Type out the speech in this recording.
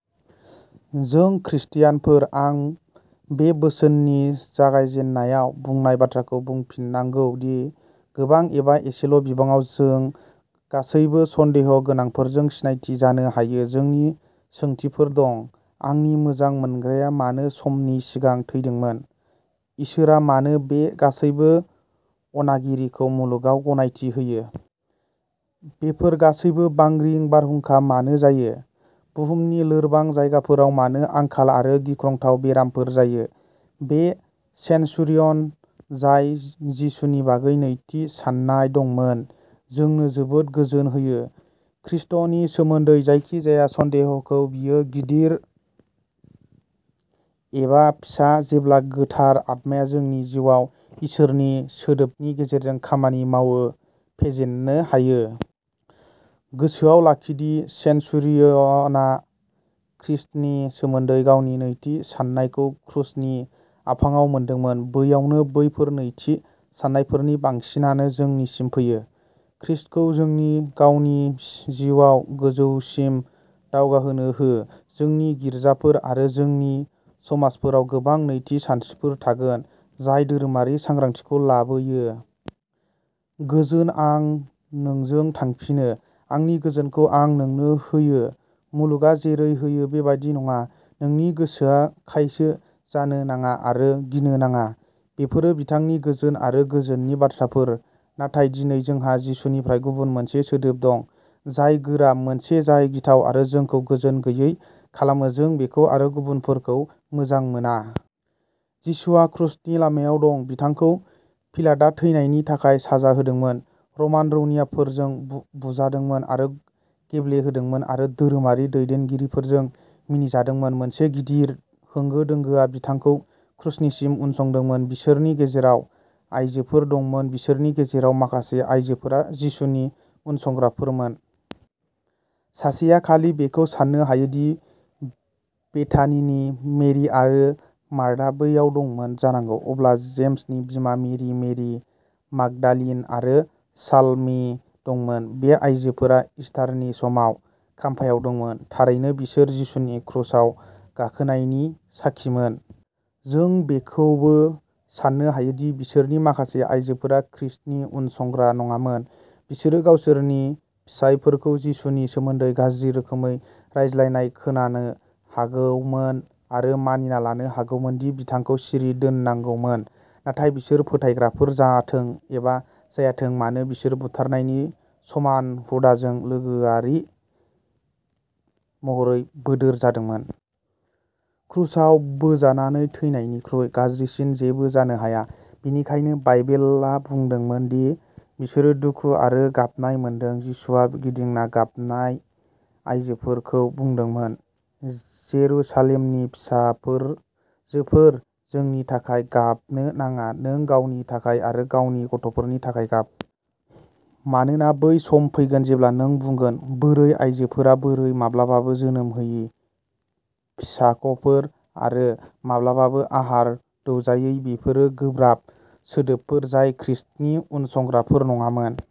जों ख्रिस्टियानफोर, आं बे बोसोननि जागायजेननायाव बुंनाय बाथ्राखौ बुंफिननांगौ दि, गोबां एबा एसेल'बिबाङाव, जों गासैबो सन्देह' गोनांफोरजों सिनायथि जानो हायो। जोंनि सोंथिफोर दं। आंनि मोजां मोनग्राया मानो समनि सिगां थैदोंमोन? इसोरआ मानो बे गासैबो अनागारिखौ मुलुगाव गनायथि होयो? बेफोर गासैबो बांग्रि, बारहुंखा मानो जायो? बुहुमनि लोरबां जायगाफोराव मानो आंखाल आरो गिख्रंथाव बेरामफोर जायो? बे सेनचुरियन, जाय जिसुनि बागै नैथि साननाय दंमोन, जोंनो जोबोद गोजोन होयो ख्रिस्ट’नि सोमोन्दै जायखिजाया सन्देह'खौ, बेयो गिदिर एबा फिसा जेब्ला गोथार आत्माया जोंनि जिउआव इसोरनि सोदोबनि गेजेरजों खामानि मावो, फेजेननो हायो। गोसोआव लाखि दि सेनचुरियनआ ख्रिस्टनि सोमोन्दै गावनि नैथि साननायखौ क्रुसनि आफाङाव मोनदोंमोन। बैयावनो बेफोर नैथि साननायफोरनि बांसिनानो जोंनिसिम फैयो। ख्रिस्ट’खौ जोंनि गावनि जिउआव, गोजौसिम दावगाहोनो हो। जोंनि गिरजाफोर आरो जोंनि समाजफोराव गोबां नैथि सानस्रिफोर थागोन जाय धोरोमारि सांग्रांथिखौ लाबोयो। "गोजोन आं नोंजों थांफिनो, आंनि गोजोनखौ आं नोंनो होयो। मुलुगआ जेरै होयो बेबादि नङा। नोंनि गोसोआ खायसो जानो नाङा आरो गिनो नाङा"। बेफोरो बिथांनि गोजोन आरो गोजोननि बाथ्राफोर। नाथाय दिनै जोंहा जिसुनिफ्राय गुबुन मोनसे सोदोब दं जाय गोरा, मोनसे जाय गिथाव आरो जोंखौ गोजोन गैयै खालामो जों बेखौ आरो गुबुनफोरखौ मोजां मोना। जिसुआ क्रुसनि लामायाव दं। बिथांखौ पिलाटआ थैनायनि थाखाय साजा होदोंमोन, रमान रौनियाफोरजों बु बुजादोंमोन आरो गेब्ले होदोंमोन, आरो धोरोमारि दैदेनगिरिफोरजों मिनिजादोंमोन। मोनसे गिदिर होंगो दोंगोआ बिथांखौ क्रुसनिसिम उनसंदोंमोन। बिसोरनि गेजेराव आयजोफोर दंमोन। बिसोरनि गेजेराव माखासे आयजोफोरा जिसुनि उनसंग्राफोरमोन। सासेआ खालि बेखौ साननो हायो दि बेथानिनि मेरि आरो मार्थाआ बैयाव दंमोन जानांगौ। अब्ला जेम्सनि बिमा मेरि, मेरि मागदालिन आरो साल'मि दंमोन। बे आइजोफोरा इस्टारनि समाव खाम्फायाव दंमोन। थारैनो बिसोर जिसुनि क्रुसाव गाखोनायनि साखिमोन। जों बेखौबो साननो हायो दि बिसोरनि माखासे आइजोफोरा ख्रिस्ट’नि उनसंग्रा नङामोन। बिसोरो गावसोरनि फिसायफोरखौ जिसुनि सोमोन्दै गाज्रि रोखोमै रायज्लायनाय खोनानो हागौमोन, आरो मानिना लानो हागौमोन दि बिथांखौ सिरि दोननांगौमोन। नाथाय बिसोर फोथायग्राफोर जाथों एबा जायाथों मानो, बिसोर बुथारनायनि समान हुदाजों गोसोआरि महरै बोदोर जादोंमोन। क्रुसाव बोजानानै थैनायनिख्रुइ गाज्रिसिन जेबो जानो हाया, बेनिखायनो बाइबेला बुंदोंमोन दि बिसोरो दुखु आरो गाबनाय मोनदों। जिसुआ गिदिंना गाबनाय आयजोफोरखौ बुंदोंमोन, "जेरुसालेमनि फिसाजोफोर, आंनि थाखाय गाबनो नाङा; नों गावनि थाखाय आरो गावनि गथ'फोरनि थाखाय गाब। मानोना बै सम फैगोन जेब्ला नों बुंगोन, बोरै आयजोफोरा बोरै, माब्लाबाबो जोनोम होयि फिसाख'फोर आरो माब्लाबाबो आहार दौजायै बेफोरो गोब्राब सोदोबफोर जाय ख्रिस्ट’नि उनसंग्राफोर नङामोन।